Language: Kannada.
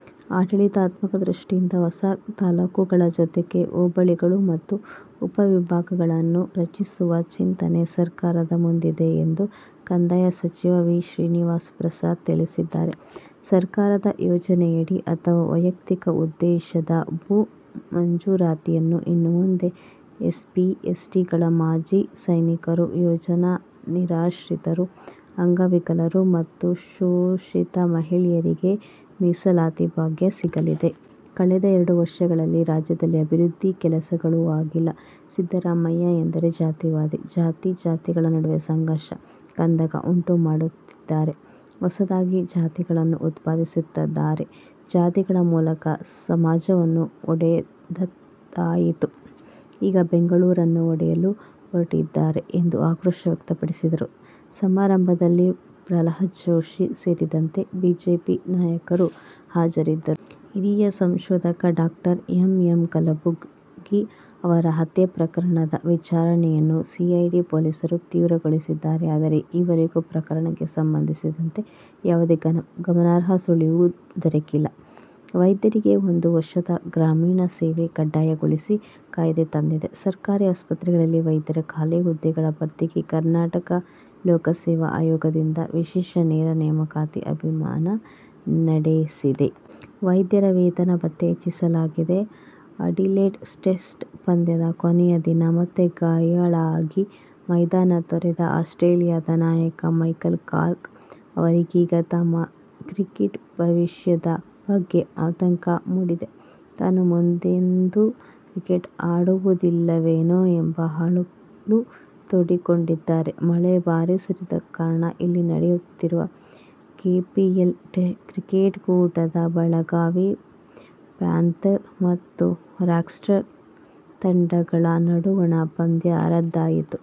ಆಡಳಿತಾತ್ಮಕ ದೃಷ್ಟಿಯಿಂದ ಹೊಸ ತಾಲೂಕಗಳ ಜೊತೆಗೆ ಹೋಬಳಿಗಳು ಮತ್ತು ಉಪ ವಿಭಾಗಗಳನ್ನು ರಚಿಸುವ ಚಿಂತನೆ ಸರ್ಕಾರದ ಮುಂದಿದೆ ಎಂದು ಕಂದಾಯ ಸಚಿವ ವಿ. ಶ್ರೀನಿವಾಸ ಪ್ರಸಾದ್ ತಿಳಿಸಿದ್ದಾರೆ. ಸರ್ಕಾರದ ಯೋಜನೆಗಳಡಿ ಅಥವಾ ವೈಯಕ್ತಿಕ ಉದ್ದೇಶದ ಭೂ ಮಂಜೂರಾತಿಯಲ್ಲಿ ಇನ್ನು ಮುಂದೆ ಎಸ್ಸಿ, ಎಸ್ಟಿಗಳು, ಮಾಜಿ ಸೈನಿಕರು, ಯೋಜನಾ ನಿರಾಶ್ರಿತರು, ಅಂಗವಿಕಲರು ಮತ್ತು ಶೋಷಿತ ಮಹಿಳೆಯರಿಗೆ "ಮೀಸಲಾತಿ ಭಾಗ್ಯ' ಸಿಗಲಿದೆ. ಕಳೆದ ಎರಡು ವರ್ಷಗಳಲ್ಲಿ ರಾಜ್ಯದಲ್ಲಿ ಅಭಿವೃದ್ಧಿ ಕೆಲಸಗಳು ಆಗಿಲ್ಲ. ಸಿದ್ದರಾಮಯ್ಯ ಎಂದರೆ ಜಾತಿವಾದಿ. ಜಾತಿ ಜಾತಿಗಳ ನಡುವೆ ಸಂಘರ್ಷ, ಕಂದಕ ಉಂಟು ಮಾಡುತ್ತಿದ್ದಾರೆ. ಹೊಸದಾಗಿ ಜಾತಿಗಳನ್ನು ಉತ್ಪಾದಿಸುತ್ತಿದ್ದಾರೆ. ಜಾತಿಗಳ ಮೂಲಕ ಸಮಾಜವನ್ನು ಒಡೆದದ್ದಾಯಿತು. ಈಗ ಬೆಂಗಳೂರನ್ನು ಒಡೆಯಲು ಹೊರಟಿದ್ದಾರೆ ಎಂದು ಆಕ್ರೋಶ ವ್ಯಕ್ತಪಡಿಸಿದರು. ಸಮಾರಂಭದಲ್ಲಿ ಪ್ರಹ್ಲಾದ್ ಜೋಶಿ ಸೇರಿದಂತೆ ಬಿಜೆಪಿ ನಾಯಕರು ಹಾಜರಿದ್ದರು. ಹಿರಿಯ ಸಂಶೋಧಕ ಡಾ ಎಂ. ಎಂ. ಕಲಬುರ್ಗಿ ಅವರ ಹತ್ಯೆ ಪ್ರಕರಣದ ವಿಚಾರಣೆಯನ್ನು ಸಿಐಡಿ ಪೊಲೀಸರು ತೀವ್ರಗೊಳಿಸಿದ್ದಾರೆ. ಆದರೆ, ಈವರೆಗೂ ಪ್ರಕರಣಕ್ಕೆ ಸಂಬಂಧಿಸಿದಂತೆ ಯಾವುದೇ ಗಮನಾರ್ಹ ಸುಳಿವು ದೊರೆತಿಲ್ಲ. ವೈದ್ಯರಿಗೆ ಒಂದು ವರ್ಷದ ಗ್ರಾಮೀಣ ಸೇವೆ ಕಡ್ಡಾಯಗೊಳಿಸಿ ಕಾಯ್ದೆ ತಂದಿದೆ. ಸರ್ಕಾರಿ ಆಸ್ಪತ್ರೆಗಳಲ್ಲಿ ವೈದ್ಯರ ಖಾಲಿ ಹುದ್ದೆಗಳ ಭರ್ತಿಗೆ ಕರ್ನಾಟಕ ಲೋಕಸೇವಾ ಆಯೋಗದಿಂದ ವಿಶೇಷ ನೇರ ನೇಮಕಾತಿ ಅಭಿಯಾನ ನಡೆಸಿದೆ. ವೈದ್ಯರ ವೇತನ-ಭತ್ಯೆ ಹೆಚ್ಚಿಸಲಾಗಿದೆ. ಅಡಿಲೇಡ್ ಟೆಸ್ಟ್ ಪಂದ್ಯದ ಕೊನೆಯ ದಿನ ಮತ್ತೆ ಗಾಯಾಳಾಗಿ ಮೈದಾನ ತೊರೆದ ಆಸ್ಟ್ರೇಲಿಯದ ನಾಯಕ ಮೈಕಲ್ ಕ್ಲಾರ್ಕ್ ಅವರಿಗೀಗ ತಮ್ಮ ಕ್ರಿಕೆಟ್ ಭವಿಷ್ಯದ ಬಗ್ಗೆ ಆತಂಕ ಮೂಡಿದೆ. ತಾನು ಮುಂದೆಂದೂ ಕ್ರಿಕೆಟ್ ಆಡುವುದಿಲ್ಲವೇನೋ ಎಂಬ ಅಳಲು ತೋಡಿಕೊಂಡಿದ್ದಾರೆ. ಭಾರೀ ಮಳೆ ಸುರಿದ ಕಾರಣ ಇಲ್ಲಿ ನಡೆಯುತ್ತಿರುವ ಕೆಪಿಎಲ್ ಕ್ರಿಕೆಟ್ ಕೂಟದ ಬೆಳಗಾವಿ ಪ್ಯಾಂಥರ್ ಮತ್ತು ರಾಕ್ಸ್ಟಾರ್ ತಂಡಗಳ ನಡುವಣ ಪಂದ್ಯ ರದ್ದಾಯಿತು.